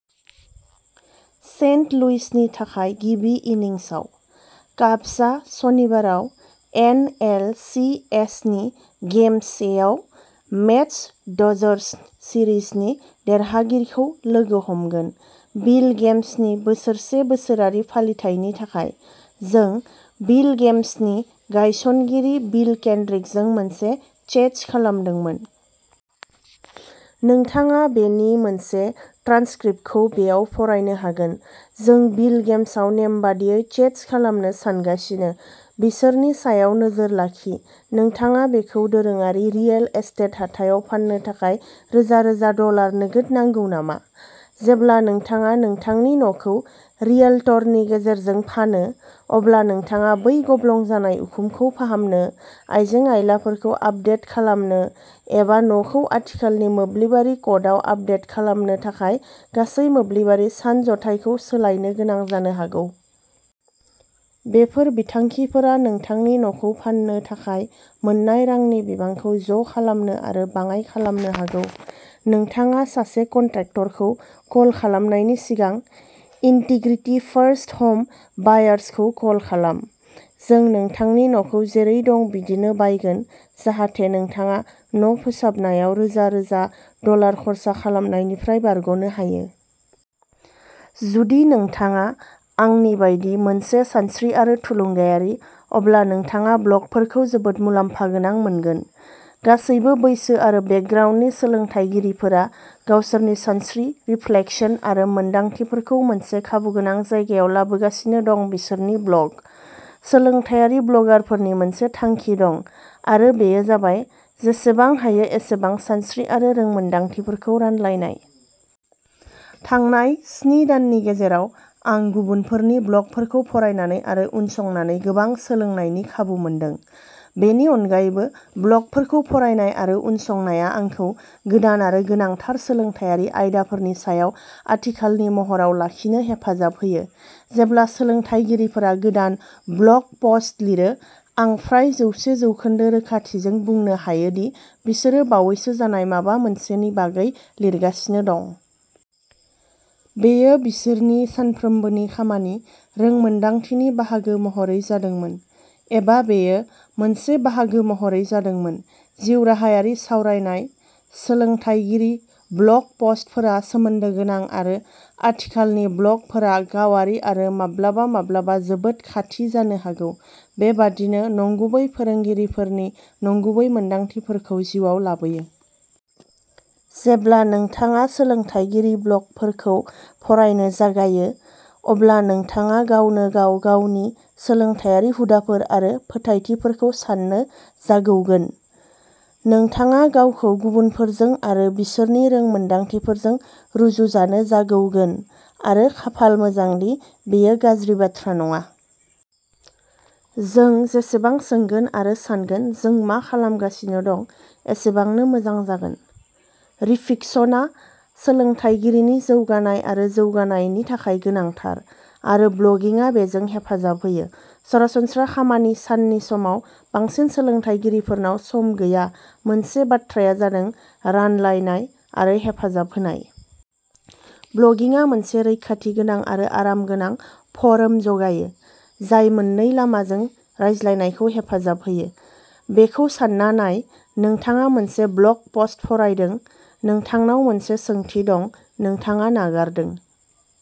Saint लुइसनि थाखाय गिबि इनिंसआव। काब्सआ सनिबाराव एन एल सि एस नि गेम से आव मेट्स-डजर्स सिरिजनि देरहागिरिखौ लोगो हमगोन। बिल गेम्सनि बोसोरसे बोसोरारि फालिथायनि थाखाय, जों बिल गेम्सनि गायसनगिरि बिल केन्ड्रिकजों मोनसे चैट्स खालामदोंमोन। नोंथाङा बेनि मोनसे ट्रान्सक्रिप्टखौ बेयाव फरायनो हागोन जों बिल गेम्सआव नेमबादियै चैट्स खालामनो सानगासिनो बिसोरनि सायाव नोजोर लाखि नोंथाङा बेखौ दोरोङारि रियेल एस्टेट हाथायाव फान्नो थाखाय रोजा-रोजा डलार नोगोद नांगौ नामा? जेब्ला नोंथाङा नोंथांनि न'खौ रियेल्टरनि गेजेरजों फानो, अब्ला नोंथाङा बै गब्लं जानाय उखुमखौ फाहामनो, आइजें-आइलाफोरखौ आपदेट खालामनो, एबा न'खौ आथिखालनि मोब्लिबारि क'डआव आपदेट खालामनो थाखाय गासै मोब्लिबारि सानज'थायखौ सोलायनो गोनां जानो हागौ। बेफोर बिथांखिफोरा नोंथांनि न'खौ फान्नो थाखाय मोन्नाय रांनि बिबांखौ ज'खालामनो आरो बाङाइ खालामनो हागौ। नोंथाङा सासे कन्ट्रेक्टरखौ कल खालामनायनि सिगां, इन्टिग्रिटी फार्स्ट ह'म बायार्सखौ कल खालाम। जों नोंथांनि न'खौ जेरै दं बिदिनो बायगोन जाहाथे नोंथाङा न'फोसाबनायाव रोजा रोजा डलार खर्सा खालामनायनिफ्राय बारग'नो हायो। जुदि नोंथाङा आंनि बायदि मोनसे सानस्रि आरो थुलुंगायारि, अब्ला नोंथाङा ब्लगफोरखौ जोबोद मुलाम्फा गोनां मोनगोन। गासैबो बैसो आरो बेकग्राउन्डनि सोलोंथायगिरिफोरा गावसोरनि सानस्रि, रिफ्लेक्शन आरो मोनदांथिफोरखौ मोनसे खाबुगोनां जायगायाव लाबोगासिनो दं बिसोरनि ब्लग। सोलोंथायारि ब्लगारफोरनि मोनसे थांखि दं, आरो बेयो जाबाय जेसेबां हायो एसेबां सानस्रि आरो रोंमोन्दांथिफोरखौ रानलायनाय। थांनाय स्नि दाननि गेजेराव, आं गुबुनफोरनि ब्लगफोरखौ फरायनानै आरो उनसंनानै गोबां सोलोंनायनि खाबु मोनदों। बेनि अनगायैबो, ब्लगफोरखौ फरायनाय आरो उनसंनाया आंखौ गोदान आरो गोनांथार सोलोंथायारि आयदाफोरनि सायाव आथिखालनि महराव लाखिनो हेफाजाब होयो। जेब्ला सोलोंथायगिरिफोरा गोदान ब्लग पस्ट लिरो, आं फ्राय जौसे जौखोन्दो रोखाथिजों बुंनो हायो दि बिसोरो बावैसो जानाय माबा मोनसेनि बागै लिरगासिनो दं। बेयो बिसोरनि सानफ्रोमबोनि खामानि रोंमोन्दांथिनि बाहागो महरै जादोंमोन, एबा बेयो मोनसे बाहागो महरै जादोंमोन। जिउराहायारि सावरायनाय, सोलोंथायगिरि ब्लग पस्टफोरा सोमोन्दो गोनां आरो आथिखालनि ब्लगफोरा गावारि आरो माब्लाबा माब्लाबा जोबोद खाथि जानो हागौ, बेबादिनो नंगुबै फोरोंगिरिफोरनि नंगुबै मोनदांथिफोरखौ जिउआव लाबोयो। जेब्ला नोंथाङा सोलोंथायगिरि ब्लगफोरखौ फरायनो जागायो, अब्ला नोंथाङा गावनो गाव गावनि सोलोंथायारि हुदाफोर आरो फोथायथिफोरखौ साननो जागौगोन। नोंथाङा गावखौ गुबुनफोरजों आरो बिसोरनि रोंमोनदांथिफोरजों रुजुजानो जागौगोन, आरो खाफाल मोजां दि बेयो गाज्रि बाथ्रा नङा। जों जेसेबां सोंगोन आरो सानगोन जों मा खालामगासिनो दं एसेबांनो मोजां जागोन। रिफिक्सनआ सोलोंथायगिरिनि जौगानाय आरो जौगानायनि थाखाय गोनांथार, आरो ब्लगिंआ बेजों हेफाजाब होयो। सरासनस्रा खामानि साननि समाव बांसिन सोलोंथायगिरिफोरनाव सम गैया मोनसे बाथ्राया जादों रानलायनाय आरो हेफाजाब होनाय। ब्लगिंआ मोनसे रैखाथि गोनां आरो आरामगोनां फोरम जगायो जाय मोननै लामाजों रायज्लायनायखौ हेफाजाब होयो। बेखौ सानना नाय नोंथाङा मोनसे ब्लग पस्ट फरायदों नोंथांनाव मोनसे सोंथि दं नोंथाङा नागारदों।